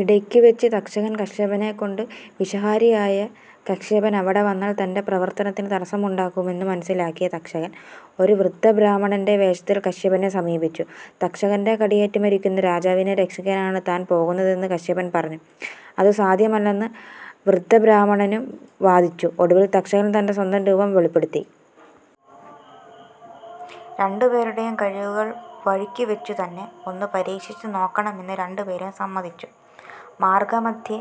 ഇടയ്ക്കുവച്ച് തക്ഷകൻ കശ്യപനെ കണ്ടു. വിഷഹാരിയായ കശ്യപൻ അവിടെ വന്നാൽ തന്റെ പ്രവർത്തനത്തിനു തടസ്സമുണ്ടാകുമെന്നു മനസ്സിലാക്കിയ തക്ഷകൻ ഒരു വൃദ്ധബ്രാഹ്മണന്റെ വേഷത്തിൽ കശ്യപനെ സമീപിച്ചു. തക്ഷകന്റെ കടിയേറ്റു മരിക്കുന്ന രാജാവിനെ രക്ഷിക്കാനാണ് താൻ പോകുന്നതെന്നു കശ്യപൻ പറഞ്ഞു. അതു സാധ്യമല്ലെന്ന് വൃദ്ധബ്രാഹ്മണനും വാദിച്ചു. ഒടുവിൽ തക്ഷകൻ തന്റെ സ്വന്തരൂപം വെളിപ്പെടുത്തി. രണ്ടുപേരുടേയും കഴിവുകൾ വഴിക്കുവച്ചുതന്നെ ഒന്നു പരീക്ഷിച്ചു നോക്കാമെന്നു രണ്ടു പേരും സമ്മതിച്ചു. മാർഗ്ഗമധ്യേ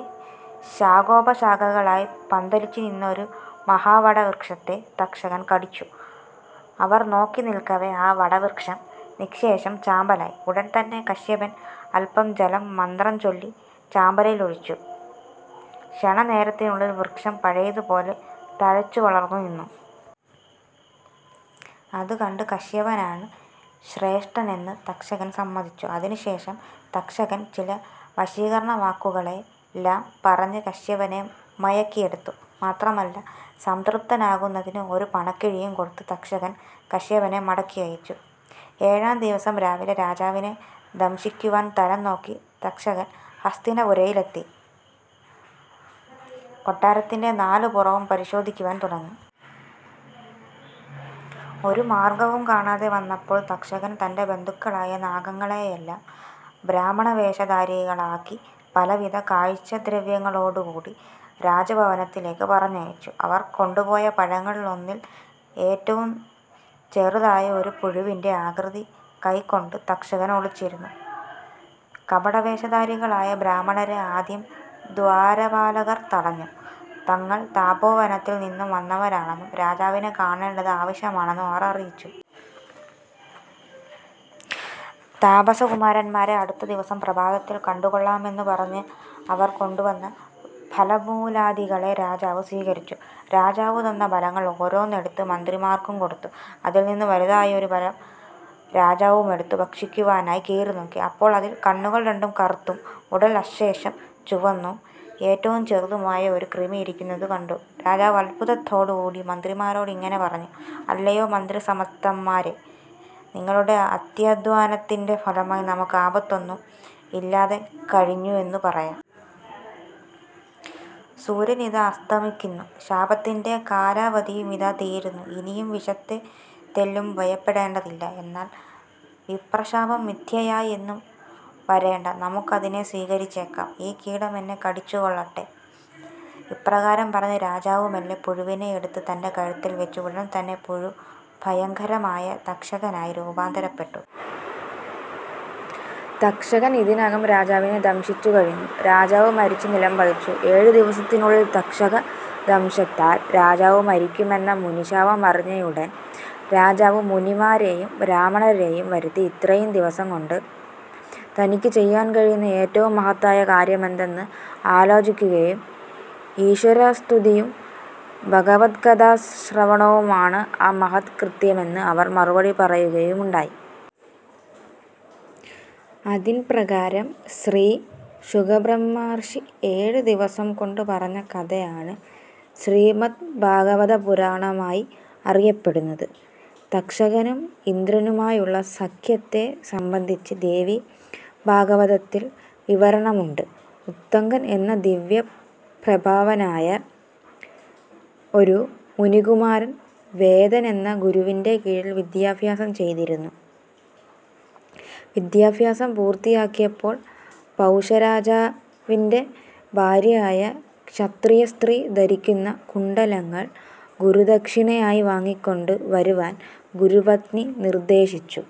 ശാഖോപശാഖകളായി പന്തലിച്ചു നിന്ന ഒരു മഹാവടവൃക്ഷത്തെ തക്ഷകൻ കടിച്ചു. അവർ നോക്കി നില്ക്കവേ ആ വടവൃക്ഷം നിശ്ശേഷം ചാമ്പലായി. ഉടൻതന്നെ കശ്യപൻ അല്പം ജലം മന്ത്രം ചൊല്ലി ചാമ്പലിൽ ഒഴിച്ചു. ക്ഷണ നേരത്തിനുള്ളിൽ വൃക്ഷം പഴയതുപോലെ തഴച്ചുവളർന്നു നിന്നു. അതുകണ്ട് കശ്യപനാണ് ശ്രേഷ്ഠനെന്ന് തക്ഷകൻ സമ്മതിച്ചു. അതിനുശേഷം തക്ഷകൻ ചില വശീകരണവാക്കുകളെല്ലാം പറഞ്ഞ് കശ്യപനെ മയക്കിയെടുത്തു. മാത്രമല്ല, സംതൃപ്തനാക്കുന്നതിന് ഒരു പണക്കിഴിയും കൊടുത്ത് തക്ഷകൻ കശ്യപനെ മടക്കി അയച്ചു. ഏഴാം ദിവസം രാവിലെ രാജാവിനെ ദംശിക്കുവാൻ തരം നോക്കി തക്ഷകൻ ഹസ്തിനപുരത്തിലെത്തി. കൊട്ടാരത്തിന്റെ നാലു പുറവും പരിശോധിക്കുവാൻ തുടങ്ങി. ഒരു മാർഗവും കാണാതെ വന്നപ്പോൾ തക്ഷകൻ തന്റെ ബന്ധുക്കളായ നാഗങ്ങളെയെല്ലാം ബ്രാഹ്മണവേഷധാരികളാക്കി പലവിധ കാഴ്ചദ്രവ്യങ്ങളോടുകൂടി രാജഭവനത്തിലേക്കു പറഞ്ഞയച്ചു. അവർ കൊണ്ടുപോയ പഴങ്ങളിൽ ഒന്നിൽ ഏറ്റവും ചെറുതായ ഒരു പുഴുവിന്റെ ആകൃതി കൈ ക്കൊണ്ട് തക്ഷകൻ ഒളിച്ചിരുന്നു. കപടവേഷധാരികളായ ബ്രാഹ്മണരെ ആദ്യം ദ്വാരപാലകർ തടഞ്ഞു. തങ്ങൾ തപോവനത്തിൽ നിന്നു വന്നവരാണെന്നും രാജാവിനെ കാണേണ്ടത് ആവശ്യമാണെന്നും അവർ അറിയിച്ചു. താപസകുമാരന്മാരെ അടുത്ത ദിവസം പ്രഭാതത്തിൽ കണ്ടുകൊള്ളാമെന്നു പറഞ്ഞ് അവർ കൊണ്ടുവന്ന ഫലമൂലാദികളെ രാജാവ് സ്വീകരിച്ചു. രാജാവുതന്നെ ഫലങ്ങളിൽ ഓരോന്നെടുത്ത് മന്ത്രിമാർക്കു കൊടുത്തു. അതിൽനിന്ന് വലുതായ ഒരു ഫലം രാജാവുമെടുത്തു ഭക്ഷിക്കുവാനായി കീറിനോക്കി. അപ്പോൾ അതിൽ കണ്ണുകൾ രണ്ടും കറുത്തും ഉടൽ അശേഷം ചുവന്നും ഏറ്റവും ചെറുതായ ഒരു കൃമി ഇരിക്കുന്നതുകണ്ട് രാജാവ് അത്ഭുതത്തോടുകൂടി മന്ത്രിമാരോട് ഇങ്ങനെ പറഞ്ഞു: "അല്ലയോ മന്ത്രിസത്തമരേ, നിങ്ങളുടെ അത്യധ്വാനത്തിന്റെ ഫലമായി നമുക്ക് ആപത്തൊന്നും ഇല്ലാതെ കഴിഞ്ഞു എന്നു പറയാം. സൂര്യനിതാ അസ്തമിക്കുന്നു. ശാപത്തിന്റെ കാലാവധിയും ഇതാ തീരുന്നു. ഇനിയും വിഷത്തെ തെല്ലും ഭയപ്പെടേണ്ടതില്ല. എന്നാൽ വിപ്രശാപം മിഥ്യയായി എന്നു വരേണ്ട. നമുക്ക് അതിനെ സ്വീകരിച്ചേക്കാം. ഈ കീടം എന്നെ കടിച്ചുകൊള്ളട്ടെ. ഇപ്രകാരം പറഞ്ഞ് രാജാവ് മെല്ലെ പുഴുവിനെ എടുത്ത് തന്റെ കഴുത്തിൽ വച്ചു. ഉടൻതന്നെ പുഴു ഭയങ്കരമായ തക്ഷകനായി രൂപാന്തരപ്പെട്ടു. തക്ഷകൻ ഇതിനകം രാജാവിനെ ദംശിച്ചു കഴിഞ്ഞു. രാജാവ് മരിച്ചു നിലം പതിച്ചു. ഏഴു ദിവസത്തിനുള്ളിൽ തക്ഷക ദംശനത്താൽ രാജാവു മരിക്കുമെന്ന മുനി ശാപമറിഞ്ഞയുടൻ രാജാവ് മുനിമാരേയും ബ്രാഹ്മണരേയും വരുത്തി ഇത്രയും ദിവസംകൊണ്ട് തനിക്കു ചെയ്യാൻ കഴിയുന്ന ഏറ്റവും മഹത്തായ കാര്യമെന്തെന്ന് ആലോചിക്കുകയും ഈശ്വരസ്തുതിയും ഭഗവത്കഥാ ശ്രവണവുമാണ് ആ മഹത് കൃത്യമെന്ന് അവർ മറുപടി പറയുകയുമുണ്ടായി. അതിൻപ്രകാരം ശ്രീ ശുകബ്രഹ്മർഷി ഏഴു ദിവസം കൊണ്ട് പറഞ്ഞ കഥയാണ് ശ്രീമദ്ഭാഗവതപുരാണമായി അറിയപ്പെടുന്നത്. തക്ഷകനും ഇന്ദ്രനുമായുള്ള സഖ്യത്തെ സംബന്ധിച്ചും ദേവീ ഭാഗവതത്തിൽ വിവരണമുണ്ട്. ഉത്തങ്കൻ എന്ന ദിവ്യപ്രഭാവനായ ഒരു മുനികുമാരൻ വേദൻ എന്ന ഗുരുവിന്റെ കീഴിൽ വിദ്യാഭ്യാസം ചെയ്തിരുന്നു. വിദ്യാഭ്യാസം പൂർത്തിയാക്കിയപ്പോൾ പൗഷരാജാ വിന്റെ ഭാര്യയായ ക്ഷത്രിയസ്ത്രീ ധരിക്കുന്ന കുണ്ഡലങ്ങൾ ഗുരുദക്ഷിണയായി വാങ്ങിക്കൊണ്ടു വരുവാൻ ഗുരുപത്നി നിർദേ ശിച്ചു.